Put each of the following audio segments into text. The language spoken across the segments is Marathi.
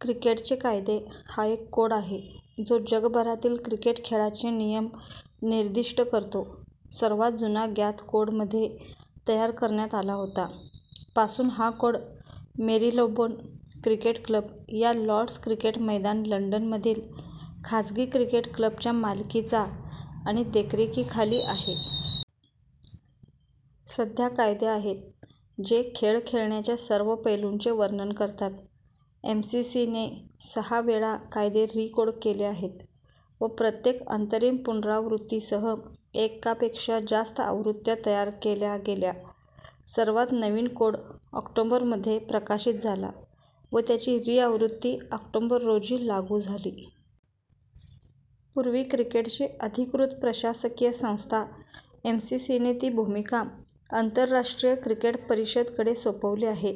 क्रिकेटचे कायदे हा एक कोड आहे जो जगभरातील क्रिकेट खेळाचे नियम निर्दिष्ट करतो. सर्वात जुना ज्ञात कोड मध्ये तयार करण्यात आला होता. पासून हा कोड मेरीलेबोन क्रिकेट क्लब या लॉर्ड्स क्रिकेट मैदान, लंडनमधील खाजगी क्रिकेट क्लबच्या मालकीचा आणि देखरेखीखाली आहे. सध्या कायदे आहेत, जे खेळ खेळण्याच्या सर्व पैलूंचे वर्णन करतात. एम सी सी ने सहा वेळा कायदे रि-कोड केले आहेत व प्रत्येक अंतरिम पुनरावृत्तीसह एकापेक्षा जास्त आवृत्त्या तयार केल्या गेल्या. सर्वात नवीन कोड ऑक्टोबर मध्ये प्रकाशित झाला व त्याची री आवृत्ती ऑक्टोबर रोजी लागू झाली. पूर्वी क्रिकेटची अधिकृत प्रशासकीय संस्था, एमसीसी ने ती भूमिका आंतरराष्ट्रीय क्रिकेट परिषद कडे सोपवली आहे.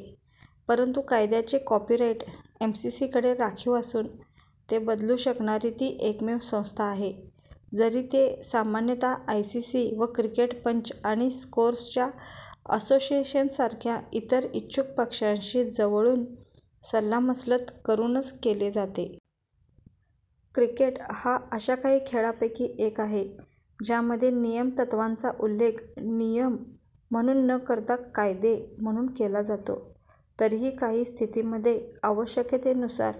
परंतु कायद्याचे कॉपीराइट एमसीसी कडे राखीव असून ते बदलू शकणारी ती एकमेव संस्था आहे, जरी ते सामान्यतः आयसीसी व क्रिकेट पंच आणि स्कोअरर्स असोसिएशन सारख्या इतर इच्छुक पक्षांशी जवळून सल्लामसलत करूनच केले जाते. क्रिकेट हा अशा काही खेळांपैकी एक आहे ज्यामध्ये नियमन तत्त्वांचा उल्लेख "नियम" म्हणून न करता "कायदे" म्हणून केला जातो. तरीही काही स्थितींमध्ये आवश्यकतेनुसार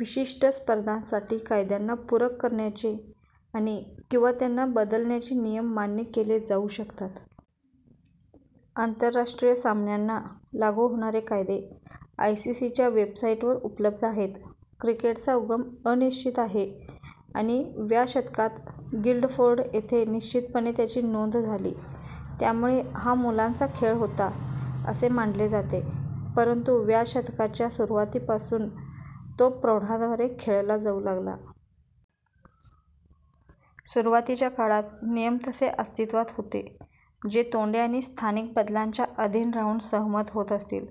विशिष्ट स्पर्धांसाठी कायद्यांना पूरक करण्याचे आणि/किंवा त्यांना बदलण्याचे नियम मान्य केले जाऊ शकतात. आंतरराष्ट्रीय सामन्यांना लागू होणारे कायदे आयसीसीच्या वेबसाइटवर उपलब्ध आहेत. क्रिकेटचा उगम अनिश्चित आहे आणि व्या शतकात गिल्डफोर्ड येथे निश्चितपणे त्याची नोंद झाली. त्यावेळी हा मुलांचा खेळ होता असे मानले जाते परंतु व्या शतकाच्या सुरुवातीपासून तो प्रौढांद्वारे खेळला जाऊ लागला. सुरुवातीच्या काळात नियम तसे अस्तित्त्वात होते, जे तोंडी आणि स्थानिक बदलांच्या अधीन राहून सहमत होत असतील.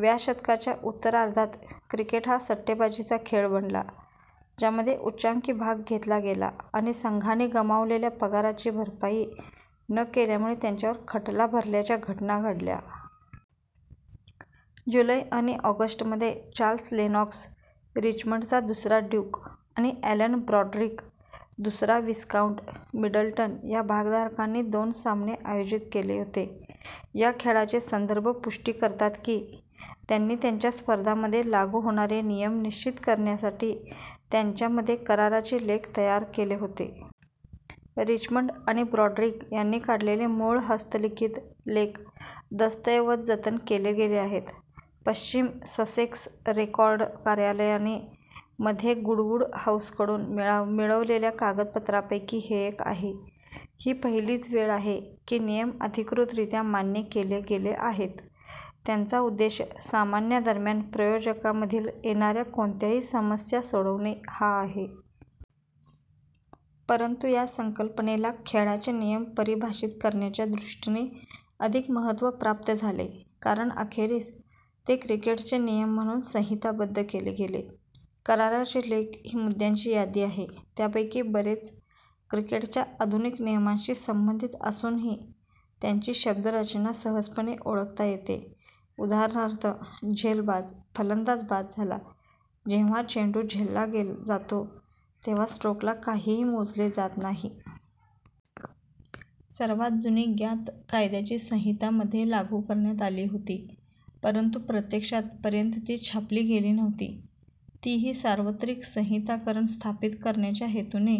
व्या शतकाच्या उत्तरार्धात क्रिकेट हा सट्टेबाजीचा खेळ बनला, ज्यामध्ये उच्चांकी भाग घेतला गेला आणि संघांनी गमावलेल्या पगाराची भरपाई न केल्यामुळे त्यांच्यावर खटला भरल्याच्या घटना घडल्या. जुलै आणि ऑगस्ट मध्ये, चार्ल्स लेनॉक्स, रिचमंडचा दुसरा ड्यूक आणि ॲलन ब्रॉड्रिक, दुसरा विस्काउंट मिडलटन या भागधारकांनी दोन सामने आयोजित केले होते. या खेळांचे संदर्भ पुष्टी करतात की त्यांनी त्यांच्या स्पर्धांमध्ये लागू होणारे नियम निश्चित करण्यासाठी त्यांच्यामध्ये कराराचे लेख तयार केले होते. रिचमंड आणि ब्रॉड्रिक यांनी काढलेले मूळ हस्तलिखित लेख दस्तऐवज जतन केले गेले आहेत. पश्चिम ससेक्स रेकॉर्ड कार्यालयाने मध्ये गुडवुड हाऊसकडून मिळवलेल्या कागदपत्रांपैकी हे एक आहे. ही पहिलीच वेळ आहे की नियम अधिकृतरीत्या मान्य केले गेले आहेत, त्यांचा उद्देश सामन्यांदरम्यान प्रयोजकांमधील येणाऱ्या कोणत्याही समस्या सोडवणे हा आहे. परंतु या संकल्पनेला खेळाचे नियम परिभाषित करण्याच्या दृष्टीने अधिक महत्त्व प्राप्त झाले कारण अखेरीस, ते क्रिकेटचे नियम म्हणून संहिताबद्ध केले गेले. कराराचे लेख ही मुद्यांची यादी आहे, त्यापैकी बरेच क्रिकेटच्या आधुनिक नियमांशी संबंधित असूनही त्यांची शब्दरचना सहजपणे ओळखता येते, उदाहरणार्थ: झेलबाद, फलंदाज बाद झाला; जेव्हा चेंडू झेलला जातो तेव्हा स्ट्रोकला काहीही मोजले जात नाही. सर्वात जुनी ज्ञात कायद्याची संहिता मध्ये लागू करण्यात आली होती, परंतु प्रत्यक्षात पर्यंत ती छापली गेली नव्हती. तीही सार्वत्रिक संहिताकरण स्थापित करण्याच्या हेतूने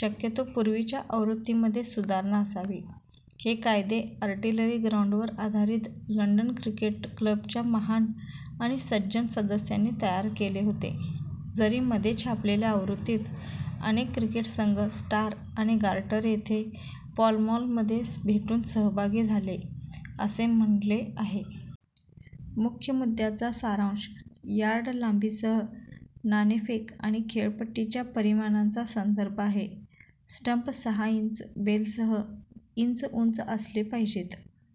शक्यतो पूर्वीच्या आवृत्तीमध्ये सुधारणा असावी. हे कायदे आर्टिलरी ग्राउंडवर आधारित लंडन क्रिकेट क्लबच्या "महान आणि सज्जन सदस्यांनी" तयार केले होते, जरी मध्ये छापलेल्या आवृत्तीत "अनेक क्रिकेट संघ" स्टार आणि गार्टर येथे पॉल मॉल मध्ये भेटून सहभागी झाले, असे म्हणले आहे. मुख्य मुद्द्यांचा सारांश: यार्ड लांबीसह नाणेफेक आणि खेळपट्टीच्या परिमाणांचा संदर्भ आहे; स्टंप सहा इंच बेलसह इंच उंच असले पाहिजेत;।